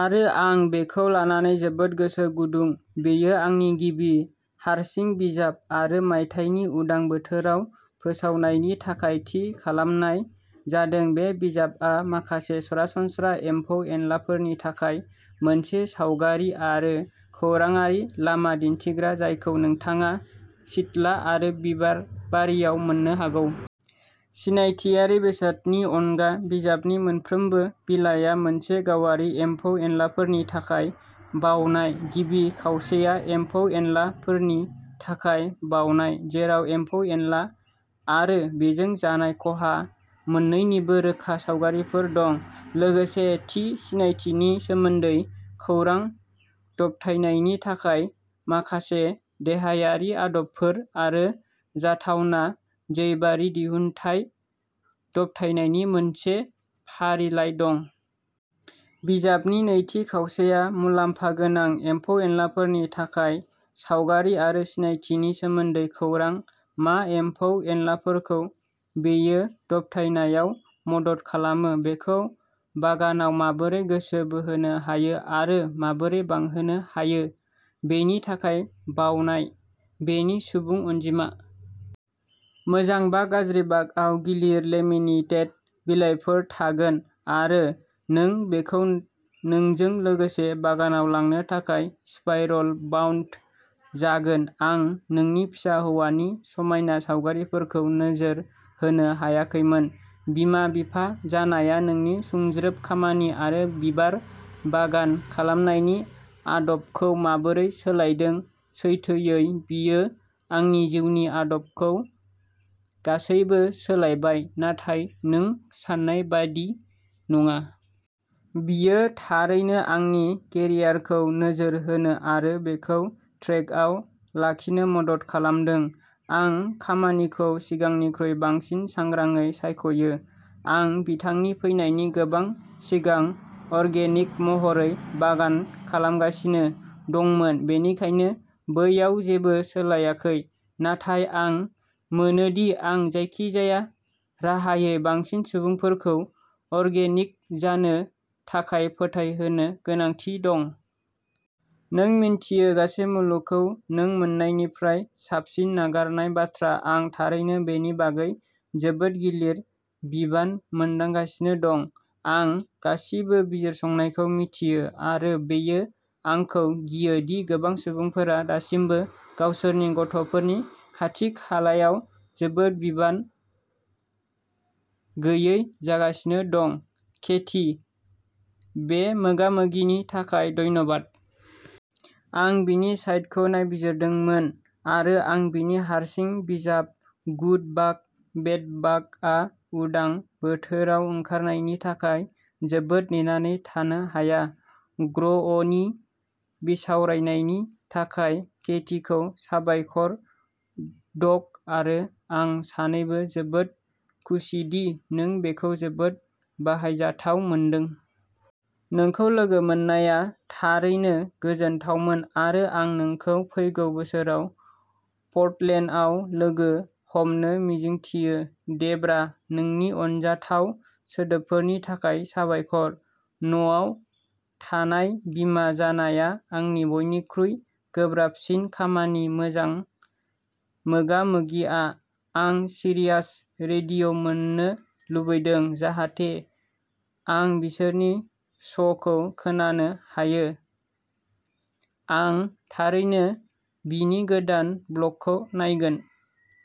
आरो आं बेखौ लानानै जोबोद गोसो गुदुं बेयो आंनि गिबि हारसिं बिजाब आरो मायथाइनि उदां बोथोराव फोसावनायनि थाखाय थि खालामनाय जादों। बे बिजाबआ माखासे सरासनस्रा एम्फौ-एनलाफोरनि थाखाय मोनसे सावगारि आरो खौरांआरि लामा दिन्थिग्रा, जायखौ नोंथाङा सिथ्ला आरो बिबारबारियाव मोन्नो हागौ। सिनायथियारि बेसादनि अनगा, बिजाबनि मोनफ्रोमबो बिलाइया मोनसे गावारि एम्फौ-एनलाफोरनि थाखाय बावनाय। गिबि खावसेया एम्फौ-एनला फोरनि थाखाय बावनाय, जेराव एम्फौ-एनला आरो बेजों जानाय खहा मोन्नैनिबो रोखा सावगारिफोर दं, लोगोसे थि सिनायथिनि सोमोन्दै खौरां, दबथायनायनि थाखाय माखासे देहायारि आदबफोर, आरो जाथावना जैबारि दिहुनथाय दबथायनायनि मोनसे फारिलाइ दं। बिजाबनि नैथि खावसेया मुलाम्फा गोनां एम्फौ-एनलाफोरनि थाखाय सावगारि आरो सिनायथिनि सोमोन्दै खौरां, मा एम्फौ-एनलाफोरखौ बेयो दबथायनायाव मदद खालामो, बेखौ बागानाव माबोरै गोसो बोहोनो हायो आरो माबोरै बांहोनो हायो, बेनि थाखाय बावनाय। बेनि सुबुं अनजिमा -- मोजां बाग, गाज्रि बागआव गिलिर लेमिनेटेड बिलाइफोर थागोन आरो नों बेखौ नोंजों लोगोसे बागानाव लांनो थाखाय स्पाइरल बाउन्ड जागोन। आं नोंनि फिसा हौवानि समायना सावगारिफोरखौ नोजोर होनो हायाखैमोन। बिमा-बिफा जानाया नोंनि सुंज्रोब खामानि आरो बिबार बागान खालामनायनि आदबखौ माबोरै सोलायदों सैथोयै, बियो आंनि जिउनि आदबखौ गासैबो सोलायबाय नाथाय नों सान्नाय बायदि नङा। बियो थारैनो आंनि केरियारखौ नोजोर होनो आरो बेखौ ट्रेकआव लाखिनो मदद खालामदों। आं खामानिखौ सिगांनिख्रुइ बांसिन सांग्राङै सायख'यो । आं बिथांनि फैनायनि गोबां सिगां अर्गेनिक महरै बागान खालामगासिनो दंमोन बेनिखायनो बैयाव जेबो सोलायाखै, नाथाय आं मोनोदि आं जायखिजाया राहायै बांसिन सुबुंफोरखौ अर्गेनिक जानो थाखाय फोथायहोनो गोनांथि दं। नों मिन्थियो, गासै मुलुगखौ नों मोन्नायनिफ्राय साबसिन नागारनाय बाथ्रा आं थारैनो बेनि बागै जोबोद गिलिर बिबान मोनदांगासिनो दं। आं गासिबो बिजिरसंनायखौ मिथियो आरो बेयो आंखौ गियो दि गोबां सुबुंफोरा दासिमबो गावसोरनि गथ'फोरनि खाथि-खालायाव जोबोद बिबान गैयै जागासिनो दं केथी, बे मोगा मोगिनि थाखाय धन्यबाद। आं बिनि साइटखौ नायबिजिरदोंमोन आरो आं बिनि हारसिं बिजाब गुड बाग, बेड बागआ उदां बोथोराव ओंखारनायनि थाखाय जोबोद नेनानै थानो हाया ग्र'अ'नि बिसावरायनायनि थाखाय केथीखौ साबायखर डग आरो आं सानैबो जोबोद खुसिदि नों बेखौ जोबोद बाहायजाथाव मोनदों। नोंखौ लोगो मोननाया थारैनो गोजोनथावमोन आरो आं नोंखौ फैगौ बोसोराव पर्टलेन्डआव लोगो हमनो मिजिंथियो। डेब्रा, नोंनि अनजाथाव सोदोबफोरनि थाखाय साबायखर। न'आव थानाय' बिमा जानाया आंनि बयनिख्रुइ गोब्राबसिन खामानि मोजां मोगा-मोगिआ। आं सिरियास रेडिय' मोन्नो लुबैदों जाहाथे आं बिसोरनि श'खौ खोनानो हायो। आं थारैनो बिनि गोदान ब्लगखौ नायगोन।